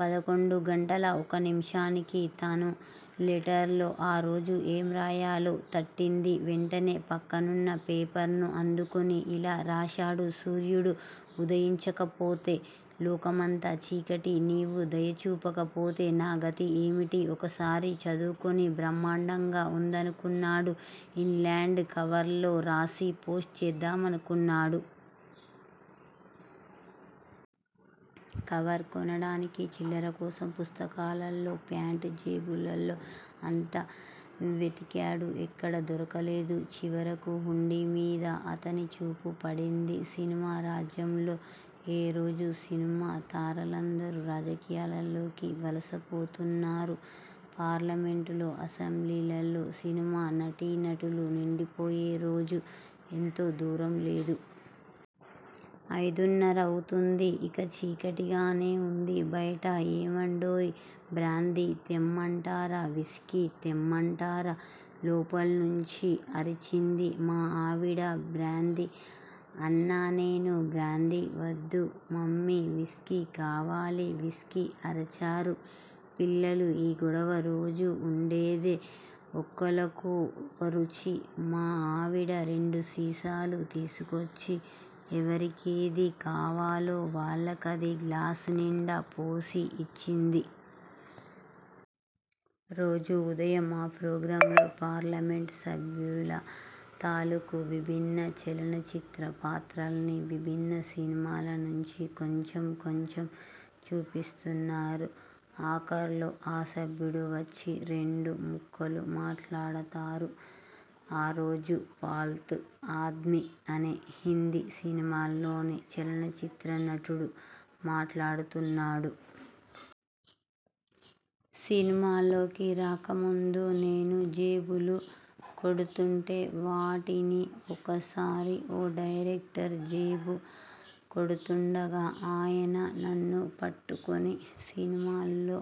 పదకొండు గంటలా ఒక్క నిమిషానికి తను లెటర్ లో ఆరోజు ఏం రాయాలో తట్టింది. వెంటనే పక్కనున్న పేపర్ ను అందుకుని ఇలా రాశాడు. సూర్యుడు వుదయించకపోతే లోకమంతా చీకటి. నీవు దయ చూపకపోతే నాగతి ఏమిటి ఒకసారి చదువుకుని బ్రహ్మాండంగా ఉందనుకున్నాడు. ఇన్ లాండ్ కవర్ లో రాసి పోస్టు చేద్దామనుకున్నాడు. కవర్ కొనడానికి చిల్లర కోసం పుస్తకాల్లో ఫ్యాంట్ జేబుల్లో అంతా వెదికాడు. ఎక్కడా దొరకలేదు. చివరకు హుండీ మీద అతని చూపు పడింది. సినిమా రాజ్యంలో ఓ రోజు సినిమా తారలందరూ రాజకీయాల్లోకి వలస పోతున్నారు. పార్లమెంటులో అసెంబ్లీల్లో సినిమా నటీనటులు నిండిపోయే రోజు ఎంతో దూరంలేదు. అయిదున్నరవుతోంది. ఇంకా చీకటిగానే ఉంది బయట. ఏవండోయ్ బ్రాందీ తెమ్మంటారా, విస్కీ తెమ్మంటారా? లోపల్నుంచి అరచింది మా ఆవిడ. బ్రాందీ! అన్నాన్నేను. బ్రాందీ వద్దు మమ్మీ! విస్కీ కావాలి! విస్కీ- అరచారు పిల్లలు. ఈ గొడవ రోజూ ఉండేదే! ఒకోళ్ళకూ ఒకోరుచి. మా ఆవిడ రెండు సీసాలు తీసుకొచ్చి ఎవరికేది కావాలో వాళ్ళకది గ్లాసునిండా పోసి ఇచ్చింది. రోజూ ఉదయం ఆ ప్రోగ్రామ్ లో పార్లమెంట్ సభ్యుల తాలూకు విభిన్న చలనచిత్ర పాత్రల్ని- విభిన్న సినిమాల నుంచి కొంచెం కొంచెం చూపిస్తారు. ఆఖర్లో ఆ సభ్యుడు వచ్చి రెండు ముక్కలు మాట్లాడతారు. ఆ రోజు ఫాల్తూ ఆద్మీ అనే హిందీ సినిమాలోని చలనచిత్ర నటుడు మాట్లాడుతున్నాడు. సినిమాల్లోకి రాకముందు నేను జేబులు కొడుతూండే వాడిని! ఓసారి ఓ డైరెక్టర్ జేబు కొడుతూండగా ఆయన నన్ను పట్టుకుని సినిమాల్లో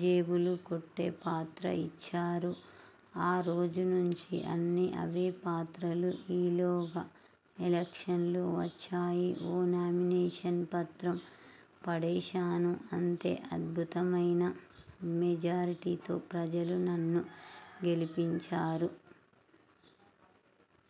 జేబులుకొట్టే పాత్ర ఇచ్చారు. ఆ రోజు నుంచీ అన్నీ అవే పాత్రలు. ఈలోగా ఎలక్షన్లు వచ్చాయ్. ఓ నామినేషన్ పత్రం పడేశాను. అంతే అద్భుతమయిన మెజారిటీతో ప్రజలు నన్ను గెలిపించారు!